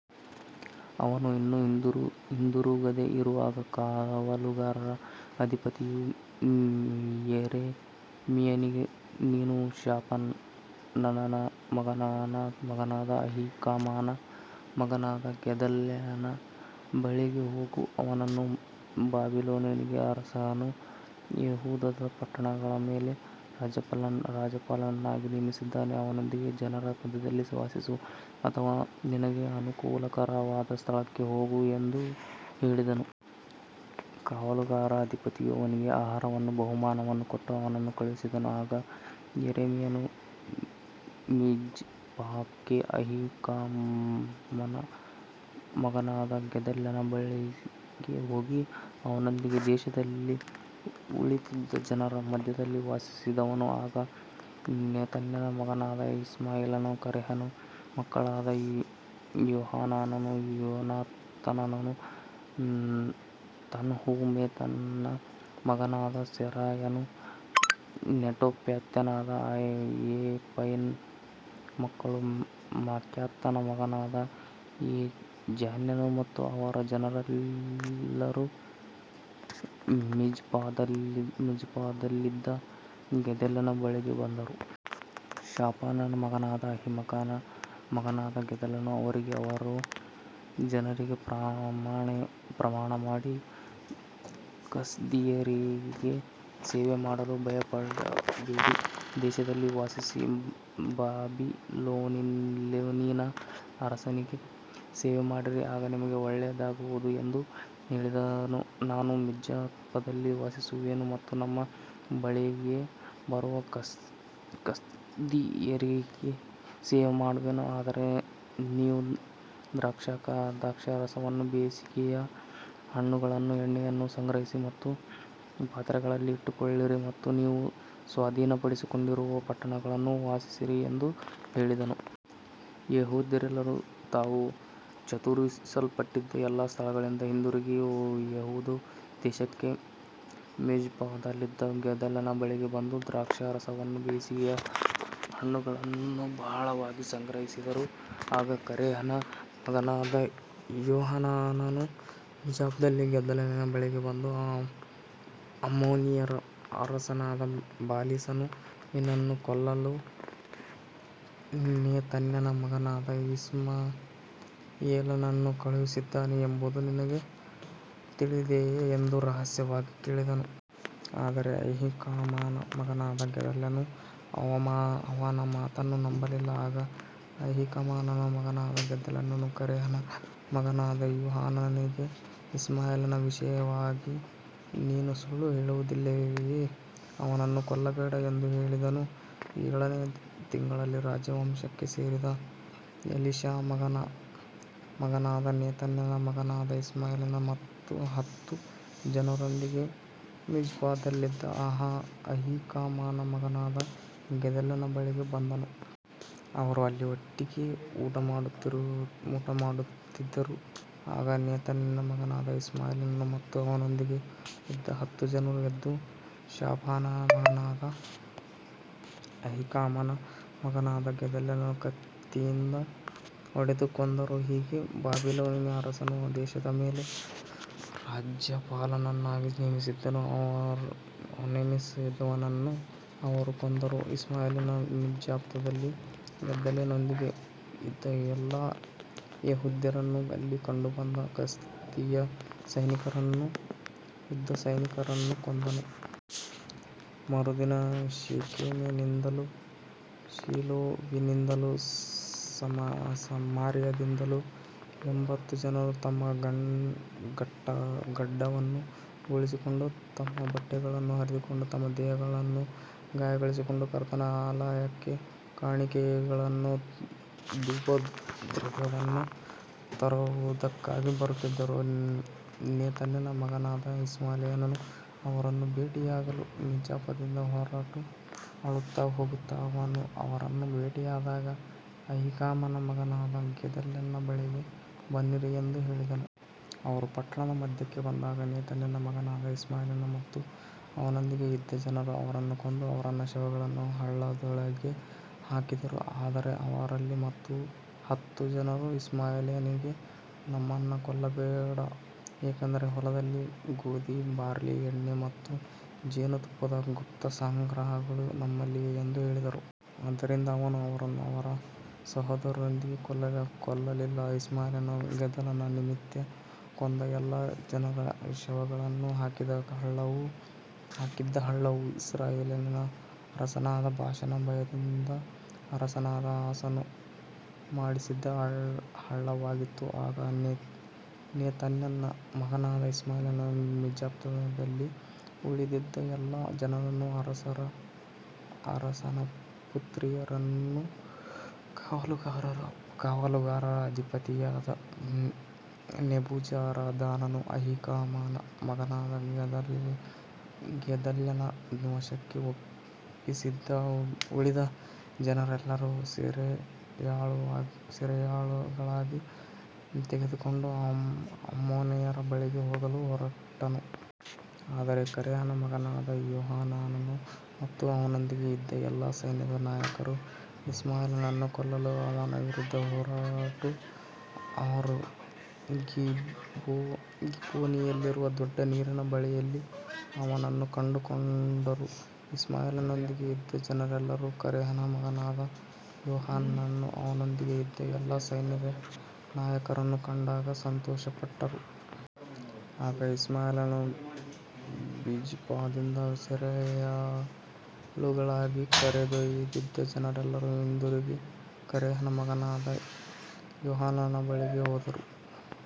ಅವನು ಇನ್ನೂ ಹಿಂದಿರುಗದೆ ಇರುವಾಗ, ಕಾವಲುಗಾರರ ಅಧಿಪತಿಯು ಯೆರೆಮೀಯನಿಗೆ, ನೀನು ಶಾಫಾನನ ಮಗನಾದ ಅಹೀಕಾಮನ ಮಗನಾದ ಗೆದಲ್ಯನ ಬಳಿಗೆ ಹೋಗು, ಅವನನ್ನು ಬಾಬಿಲೋನಿನ ಅರಸನು ಯೆಹೂದದ ಪಟ್ಟಣಗಳ ಮೇಲೆ ರಾಜ್ಯಪಾಲನನ್ನಾಗಿ ನೇಮಿಸಿದ್ದಾನೆ, ಅವನೊಂದಿಗೆ ಜನರ ಮಧ್ಯದಲ್ಲಿ ವಾಸಿಸು, ಅಥವಾ ನಿನಗೆ ಅನುಕೂಲಕರವಾದ ಸ್ಥಳಕ್ಕೆ ಹೋಗು ಎಂದು ಹೇಳಿದನು. ಕಾವಲುಗಾರರ ಅಧಿಪತಿಯು ಅವನಿಗೆ ಆಹಾರವನ್ನೂ ಬಹುಮಾನವನ್ನೂ ಕೊಟ್ಟು ಅವನನ್ನು ಕಳುಹಿಸಿದನು. ಆಗ ಯೆರೆಮೀಯನು ಮಿಜ್ಪಾಕ್ಕೆ ಅಹೀಕಾಮನ ಮಗನಾದ ಗೆದಲ್ಯನ ಬಳಿಗೆ ಹೋಗಿ, ಅವನೊಂದಿಗೆ ದೇಶದಲ್ಲಿ ಉಳಿದಿದ್ದ ಜನರ ಮಧ್ಯದಲ್ಲಿ ವಾಸಿಸಿದನು. ಆಗ ನೆತನ್ಯನ ಮಗನಾದ ಇಷ್ಮಾಯೇಲನು, ಕರೇಹನ ಮಕ್ಕಳಾದ ಯೋಹಾನಾನನೂ ಯೋನಾತಾನನೂ, ತನ್ಹುಮೆತನ ಮಗನಾದ ಸೆರಾಯನು, ನೆಟೋಫಾತ್ಯನಾದ ಎಫೈನ ಮಕ್ಕಳು, ಮಾಕಾತ್ಯನ ಮಗನಾದ ಯೆಜಾನ್ಯನು ಮತ್ತು ಅವರ ಜನರೆಲ್ಲರೂ ಮಿಜ್ಪಾದಲ್ಲಿದ್ದ ಗೆದಲ್ಯನ ಬಳಿಗೆ ಬಂದರು. ಶಾಫಾನನ ಮಗನಾದ ಅಹೀಕಾಮನ ಮಗನಾದ ಗೆದಲ್ಯನು ಅವರಿಗೂ ಅವರ ಜನರಿಗೂ ಪ್ರಮಾಣಮಾಡಿ, ಕಸ್ದೀಯರಿಗೆ ಸೇವೆಮಾಡಲು ಭಯಪಡಬೇಡಿ, ದೇಶದಲ್ಲಿ ವಾಸಿಸಿ ಬಾಬಿಲೋನಿನ ಅರಸನಿಗೆ ಸೇವೆಮಾಡಿರಿ, ಆಗ ನಿಮಗೆ ಒಳ್ಳೆಯದಾಗುವುದು ಎಂದು ಹೇಳಿದನು. ನಾನು ಮಿಜ್ಪಾದಲ್ಲಿ ವಾಸಿಸುವೆನು ಮತ್ತು ನಮ್ಮ ಬಳಿಗೆ ಬರುವ ಕಸ್ದೀಯರಿಗೆ ಸೇವೆಮಾಡುವೆನು, ಆದರೆ ನೀವು ದ್ರಾಕ್ಷಾರಸವನ್ನೂ ಬೇಸಿಗೆಯ ಹಣ್ಣುಗಳನ್ನೂ ಎಣ್ಣೆಯನ್ನೂ ಸಂಗ್ರಹಿಸಿ ನಿಮ್ಮ ಪಾತ್ರೆಗಳಲ್ಲಿ ಇಟ್ಟುಕೊಳ್ಳಿರಿ ಮತ್ತು ನೀವು ಸ್ವಾಧೀನಪಡಿಸಿಕೊಂಡಿರುವ ಪಟ್ಟಣಗಳಲ್ಲಿ ವಾಸಿಸಿರಿ ಎಂದು ಹೇಳಿದನು. ಯೆಹೂದ್ಯರೆಲ್ಲರೂ ತಾವು ಚದುರಿಸಲ್ಪಟ್ಟಿದ್ದ ಎಲ್ಲಾ ಸ್ಥಳಗಳಿಂದ ಹಿಂದಿರುಗಿ ಯೆಹೂದ ದೇಶಕ್ಕೆ, ಮಿಜ್ಪಾದಲ್ಲಿದ್ದ ಗೆದಲ್ಯನ ಬಳಿಗೆ ಬಂದು, ದ್ರಾಕ್ಷಾರಸವನ್ನೂ ಬೇಸಿಗೆಯ ಹಣ್ಣುಗಳನ್ನೂ ಬಹಳವಾಗಿ ಸಂಗ್ರಹಿಸಿದರು. ಆಗ ಕರೇಹನ ಮಗನಾದ ಯೋಹಾನಾನನು ಮಿಜ್ಪಾದಲ್ಲಿ ಗೆದಲ್ಯನ ಬಳಿಗೆ ಬಂದು, ಅಮ್ಮೋನಿಯರ ಅರಸನಾದ ಬಾಲೀಸನು ನಿನ್ನನ್ನು ಕೊಲ್ಲಲು ನೆತನ್ಯನ ಮಗನಾದ ಇಷ್ಮಾಯೇಲನನ್ನು ಕಳುಹಿಸಿದ್ದಾನೆ ಎಂಬುದು ನಿನಗೆ ತಿಳಿದಿದೆಯೇ ಎಂದು ರಹಸ್ಯವಾಗಿ ಹೇಳಿದನು. ಆದರೆ ಅಹೀಕಾಮನ ಮಗನಾದ ಗೆದಲ್ಯನು ಅವನ ಮಾತನ್ನು ನಂಬಲಿಲ್ಲ. ಆಗ ಅಹೀಕಾಮನ ಮಗನಾದ ಗೆದಲ್ಯನು ಕರೇಹನ ಮಗನಾದ ಯೋಹಾನಾನನಿಗೆ, ಇಷ್ಮಾಯೇಲನ ವಿಷಯವಾಗಿ ನೀನು ಸುಳ್ಳು ಹೇಳುತ್ತಿದ್ದೀಯೆ, ಅವನನ್ನು ಕೊಲ್ಲಬೇಡ ಎಂದು ಹೇಳಿದನು. ಏಳನೆಯ ತಿಂಗಳಲ್ಲಿ ರಾಜವಂಶಕ್ಕೆ ಸೇರಿದ ಎಲೀಷಾಮನ ಮಗನಾದ ನೆತನ್ಯನ ಮಗನಾದ ಇಷ್ಮಾಯೇಲನು ಹತ್ತು ಜನರೊಂದಿಗೆ ಮಿಜ್ಪಾದಲ್ಲಿದ್ದ ಅಹೀಕಾಮನ ಮಗನಾದ ಗೆದಲ್ಯನ ಬಳಿಗೆ ಬಂದನು. ಅವರು ಅಲ್ಲಿ ಒಟ್ಟಿಗೆ ಊಟಮಾಡುತ್ತಿದ್ದರು. ಆಗ ನೆತನ್ಯನ ಮಗನಾದ ಇಷ್ಮಾಯೇಲನು ಮತ್ತು ಅವನೊಂದಿಗೆ ಇದ್ದ ಹತ್ತು ಜನರು ಎದ್ದು, ಶಾಫಾನನ ಮಗನಾದ ಅಹೀಕಾಮನ ಮಗನಾದ ಗೆದಲ್ಯನನ್ನು ಕತ್ತಿಯಿಂದ ಹೊಡೆದು ಕೊಂದರು. ಹೀಗೆ ಬಾಬಿಲೋನಿನ ಅರಸನು ದೇಶದ ಮೇಲೆ ರಾಜ್ಯಪಾಲನನ್ನಾಗಿ ನೇಮಿಸಿದ್ದವನನ್ನು ಅವರು ಕೊಂದರು. ಇಷ್ಮಾಯೇಲನು ಮಿಜ್ಪಾದಲ್ಲಿ ಗೆದಲ್ಯನೊಂದಿಗೆ ಇದ್ದ ಎಲ್ಲಾ ಯೆಹೂದ್ಯರನ್ನೂ, ಅಲ್ಲಿ ಕಂಡುಬಂದ ಕಸ್ದೀಯ ಸೈನಿಕರನ್ನೂ ಯುದ್ಧಸೈನಿಕರನ್ನೂ ಕೊಂದನು. ಮರುದಿನ ಶೆಕೆಮಿನಿಂದಲೂ, ಶೀಲೋವಿನಿಂದಲೂ, ಸಮಾರ್ಯದಿಂದಲೂ ಎಂಭತ್ತು ಜನರು ತಮ್ಮ ಗಡ್ಡವನ್ನು ಬೋಳಿಸಿಕೊಂಡು, ತಮ್ಮ ಬಟ್ಟೆಗಳನ್ನು ಹರಿದುಕೊಂಡು, ತಮ್ಮ ದೇಹಗಳನ್ನು ಗಾಯಗೊಳಿಸಿಕೊಂಡು, ಕರ್ತನ ಆಲಯಕ್ಕೆ ಕಾಣಿಕೆಗಳನ್ನೂ ಧೂಪದ್ರವ್ಯವನ್ನೂ ತರುವುದಕ್ಕಾಗಿ ಬರುತ್ತಿದ್ದರು. ನೆತನ್ಯನ ಮಗನಾದ ಇಷ್ಮಾಯೇಲನು ಅವರನ್ನು ಭೇಟಿಯಾಗಲು ಮಿಜ್ಪಾದಿಂದ ಹೊರಟು ಅಳುತ್ತಾ ಹೋದನು. ಅವನು ಅವರನ್ನು ಭೇಟಿಯಾದಾಗ, ಅಹೀಕಾಮನ ಮಗನಾದ ಗೆದಲ್ಯನ ಬಳಿಗೆ ಬನ್ನಿರಿ ಎಂದು ಹೇಳಿದನು. ಅವರು ಪಟ್ಟಣದ ಮಧ್ಯಕ್ಕೆ ಬಂದಾಗ, ನೆತನ್ಯನ ಮಗನಾದ ಇಷ್ಮಾಯೇಲನು ಮತ್ತು ಅವನೊಂದಿಗೆ ಇದ್ದ ಜನರು ಅವರನ್ನು ಕೊಂದು, ಅವರ ಶವಗಳನ್ನು ಹಳ್ಳದೊಳಗೆ ಹಾಕಿದರು. ಆದರೆ ಅವರಲ್ಲಿ ಹತ್ತು ಜನರು ಇಷ್ಮಾಯೇಲನಿಗೆ, ನಮ್ಮನ್ನು ಕೊಲ್ಲಬೇಡ, ಏಕೆಂದರೆ ಹೊಲದಲ್ಲಿ ಗೋಧಿ, ಬಾರ್ಲಿ, ಎಣ್ಣೆ ಮತ್ತು ಜೇನುತುಪ್ಪದ ಗುಪ್ತ ಸಂಗ್ರಹಗಳು ನಮ್ಮಲ್ಲಿವೆ ಎಂದು ಹೇಳಿದರು. ಆದ್ದರಿಂದ ಅವನು ಅವರನ್ನು ಅವರ ಸಹೋದರರೊಂದಿಗೆ ಕೊಲ್ಲಲಿಲ್ಲ. ಇಷ್ಮಾಯೇಲನು ಗೆದಲ್ಯನ ನಿಮಿತ್ತ ಕೊಂದ ಎಲ್ಲಾ ಜನರ ಶವಗಳನ್ನು ಹಾಕಿದ್ದ ಹಳ್ಳವು ಇಸ್ರಾಯೇಲಿನ ಅರಸನಾದ ಬಾಷನ ಭಯದಿಂದ ಅರಸನಾದ ಆಸನು ಮಾಡಿಸಿದ್ದ ಹಳ್ಳವಾಗಿತ್ತು. ಆಗ ನೆತನ್ಯನ ಮಗನಾದ ಇಷ್ಮಾಯೇಲನು ಮಿಜ್ಪಾದಲ್ಲಿ ಉಳಿದಿದ್ದ ಎಲ್ಲಾ ಜನರನ್ನೂ, ಅರಸನ ಪುತ್ರಿಯರನ್ನೂ, ಕಾವಲುಗಾರರ ಅಧಿಪತಿಯಾದ ನೆಬೂಜರದಾನನು ಅಹೀಕಾಮನ ಮಗನಾದ ಗೆದಲ್ಯನ ವಶಕ್ಕೆ ಒಪ್ಪಿಸಿದ್ದ ಉಳಿದ ಜನರೆಲ್ಲರನ್ನೂ ಸೆರೆಯಾಳುಗಳಾಗಿ ತೆಗೆದುಕೊಂಡು, ಅಮ್ಮೋನಿಯರ ಬಳಿಗೆ ಹೋಗಲು ಹೊರಟನು. ಆದರೆ ಕರೇಹನ ಮಗನಾದ ಯೋಹಾನಾನನು ಮತ್ತು ಅವನೊಂದಿಗೆ ಇದ್ದ ಎಲ್ಲಾ ಸೈನ್ಯದ ನಾಯಕರು ಇಷ್ಮಾಯೇಲನನ್ನು ಕೊಲ್ಲಲು ಅವನ ವಿರುದ್ಧ ಹೊರಟರು. ಅವರು ಗಿಬ್ಯೋನಿನಲ್ಲಿರುವ ದೊಡ್ಡ ನೀರಿನ ಬಳಿಯಲ್ಲಿ ಅವನನ್ನು ಕಂಡುಕೊಂಡರು. ಇಷ್ಮಾಯೇಲನೊಂದಿಗೆ ಇದ್ದ ಜನರೆಲ್ಲರೂ ಕರೇಹನ ಮಗನಾದ ಯೋಹಾನಾನನನ್ನೂ ಅವನೊಂದಿಗೆ ಇದ್ದ ಎಲ್ಲಾ ಸೈನ್ಯದ ನಾಯಕರನ್ನೂ ಕಂಡಾಗ ಸಂತೋಷಪಟ್ಟರು. ಆಗ ಇಷ್ಮಾಯೇಲನು ಮಿಜ್ಪಾದಿಂದ ಸೆರೆಯಾಳುಗಳಾಗಿ ಕರೆದೊಯ್ದಿದ್ದ ಜನರೆಲ್ಲರೂ ಹಿಂದಿರುಗಿ ಕರೇಹನ ಮಗನಾದ ಯೋಹಾನಾನನ ಬಳಿಗೆ ಹೋದರು.